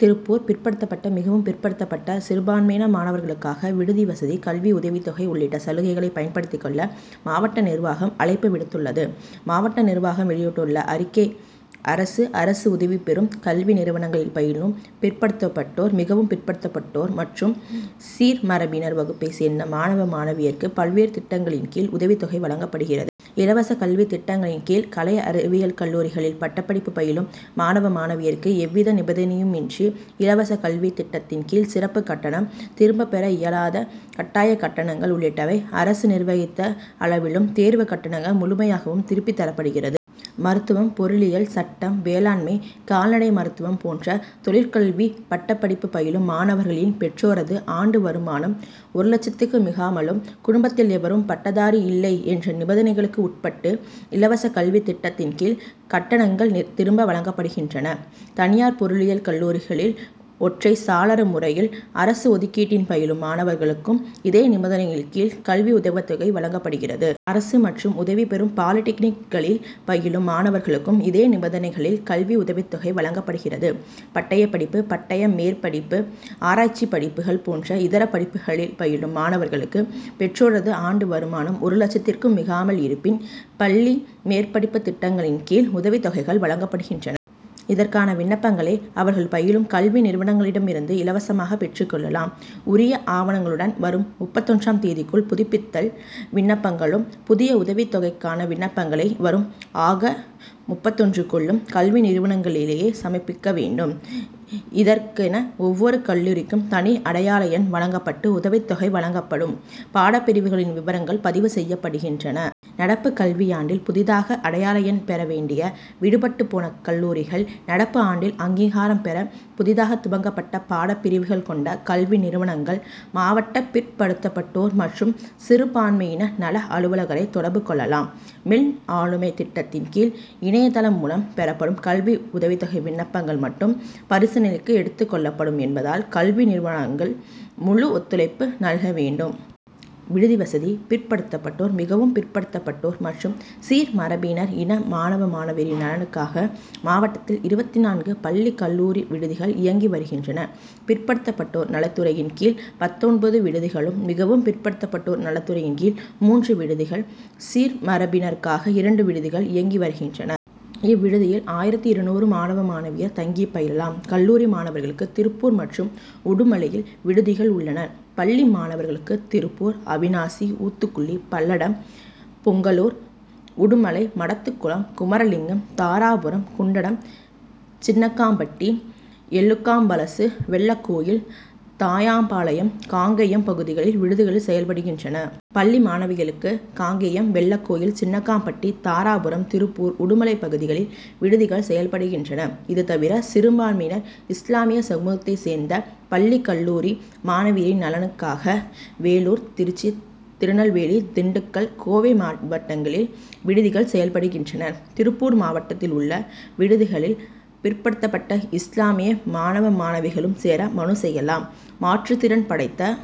திருப்பூர் பிற்படுத்தப்பட்ட, மிகவும் பிற் படுத்தப்பட்ட, சிறுபான்மையின மாணவர் களுக்காக விடுதி வசதி, கல்வி உதவித்தொகை உள்ளிட்ட சலுகைகளை பயன்படுத்திக் கொள்ள, மாவட்ட நிர்வாகம் அழைப்பு விடுத்துள்ளது. மாவட்ட நிர்வாகம் வெளியிட்டுள்ள அறிக்கை அரசு, அரசு உதவி பெறும் கல்வி நிறுவனங்களில் பயிலும் பிற்படுத்தப் பட்டோர், மிகவும் பிற்படுத்தப்பட்டோர் மற்றும் சீர்மரபினர் வகுப்பைச் சேர்ந்த மாணவ, மாணவியருக்கு பல்வேறு திட்டங்களின் கீழ் உதவித்தொகை வழங்கப்படுகிறது. இலவச கல்வி திட்டங்களின் கீழ் கலை அறிவியல் கல்லூரிகளில் பட்டப்படிப்பு பயிலும் மாணவ, மாணவியருக்கு எவ்வித நிபந்தனையும் இன்றி, இலவச கல்வி திட்டத்தின் கீழ் சிறப்பு கட்டணம், திரும்ப பெற இயலாத கட்டாய கட்டணங் கள் உள்ளிட்டவை அரசு நிர்ணயித்த அள விலும், தேர்வு கட்டணங்கள் முழுமை யாகவும் திருப்பித் தரப்படுகிறது. மருத்துவம், பொறிளியல், சட்டம், வேளாண்மை, கால்நடை மருத்துவம் போன்ற தொழிற்கல்வி பட்டப்படிப்பு பயிலும் மாணவர்களின் பெற்றோரது ஆண்டு வருமானம் ஒரு லட்சத்துக்கு மிகாமலும்; குடும்பத்தில் எவரும் பட்டதாரி இல்லை என்ற நிபந்தனை களுக்கு உட்பட்டு இலவச கல்வி திட்டத்தின் கீழ் கட்டணங்கள் திரும்ப வழங்கப்படுகின்றன. தனியார் பொறிளியல் கல்லூரிகளில் ஒற்றைச் சாளர முறையில் அரசு ஒதுக் கீட்டின் பயிலும் மாணவர்களுக்கும் இதே நிபந்தனைகளின் கீழ் கல்வி உதவித்தொகை வழங்கப்படுகிறது. அரசு மற்றும் உதவி பெறும் பாலிடெக்னிக்கு களில் பயிலும் மாணவர்களுக்கும் இதே நிபந்தனைகளில் கல்வி உதவித்தொகை வழங்கப்படுகிறது. பட்டயப்படிப்பு, பட்ட மேற்படிப்பு, ஆராய்ச்சிப்படிப்புகள் போன்ற இதர படிப்புகளில் பயிலும் மாணவர்களுக்கு பெற்றோரது ஆண்டு வருமானம் ஒரு லட்சத்துக்கு மிகாமல் இருப்பின், பள்ளி மேற்படிப்பு திட்டங்களின் கீழ் உதவித் தொகைகள் வழங்கப்படுகின்றன. இதற்கான விண்ணப்பங்களை, அவர் கள் பயிலும் கல்வி நிறுவனங்களிடம் இருந்து இலவசமாக பெற்றுக் கொள்ள லாம். உரிய ஆவணங்களுடன் வரும் முப்பத்தொன்றாம் தேதிக்குள் புதுப்பித்தல் விண்ணப்பங் களும்; புதிய உதவித்தொகைக்கான விண்ணப்பங்களை வரும் ஆக., முப்பத்தொன்றுக்குள்ளும் கல்வி நிலையங்களிலேயே சமர்ப்பிக்க வேண்டும். இதற்கென ஒவ்வொரு கல்லூரிக்கும் தனி அடை யாள எண் வழங்கப்பட்டு உதவித்தொகை வழங்கப்படும் பாடப்பிரிவுகளின் விவரங்கள் பதிவு செய்யப்படுகின்றன. நடப்பு கல்வியாண்டில் புதிதாக அடையாள எண் பெற வேண்டிய, விடுபட்டுப் போன கல்லூரிகள், நடப்பு ஆண்டில் அங்கீகாரம் பெற புதிதாக துவக்கப்பட்ட பாடப்பிரிவுகள் கொண்ட கல்வி நிறுவனங்கள் மாவட்ட பிற் படுத்தப்பட்டோர் மற்றும் சிறு பான்மையின நல அலுவலரைத் தொடர்பு கொள்ளலாம். மின் ஆளுமைத் திட்டத்தின் கீழ், இணைய தளம்மூலம் பெறப்படும் கல்வி உதவித்தொகை விண்ணப்பங்கள் மட்டும் பரிசீலனைக்கு எடுத்துக் கொள்ளப்படும் என்பதால், கல்வி நிர்வனகங்கள் முழு ஒத்துழைப்பை நல்க வேண்டும். விடுதி வசதி பிற்படுத்தப்பட்டோர், மிகவும் பிற்படுத்தப்பட்டோர் மற்றும் சீர்மரபினர் இன மாணவ, மாணவியரின் நலனுக்காக மாவட்டத்தில் இருபத்து நான்கு பள்ளி, கல்லூரி விடுதிகள் இயங்கி வருகின்றன. பிற்படுத்தப்பட்டோர் நலத்துறையின் கீழ் பத்தொன்பது விடுதிகள்; மிகவும் பிற்படுத்தப் பட்டோர் நலத்துறையின் கீழ் மூன்று விடுதிகள்; சீர்மரபினருக்காக இரண்டு விடுதிகள் இயங்கி வருகின்றன. இவ் விடுதியில் ஆயிரத்து இருநூறு மாணவ, மாணவியர் தங்கிப் பயிலலாம். கல்லூரி மாணவர்களுக்கு, திருப்பூர் மற்றும் உடுமலையில் விடுதிகள் உள்ளன. பள்ளி, மாணவர்களுக்கு திருப்பூர், அவிநாசி, ஊத்துக்குளி, பல்லடம், பொங்கலூர், உடுமலை, மடத்துக்குளம், குமரலிங்கம், தாராபுரம், குண்டடம், சின்னக்காம்பட்டி, எலுகாம்வலசு, வெள்ளகோவில், தாயம்பாளையம், காங்கயம் பகுதிகளில் விடுதிகள் செயல் படுகின்றன. பள்ளி மாணவிகளுக்கு காங்கயம், வெள்ளகோவில், சின்னக்காம் பட்டி, தாராபுரம், திருப்பூர், உடுமலை பகுதிகளில் விடுதிகள் செயல்படுகின்றன. இதுதவிர, சிறுபான்மையினர் இஸ்லாமிய சமூகத்தை சேர்ந்த பள்ளி, கல்லூரி மாணவியரின் நலனுக்காக வேலூர், திருச்சி, திருநெல்வேலி, திண்டுக்கல், கோவை மாவட்டங்களில் விடுதிகள் செயல்படுகின்றன. திருப்பூர் மாவட்டத்தில் உள்ள விடுதி களில் பிற்படுத்தப்பட்ட இஸ்லாமிய மாணவ, மாணவிகளும் சேர மனு செய்யலாம். மாற்றுத்திறன் படைத்த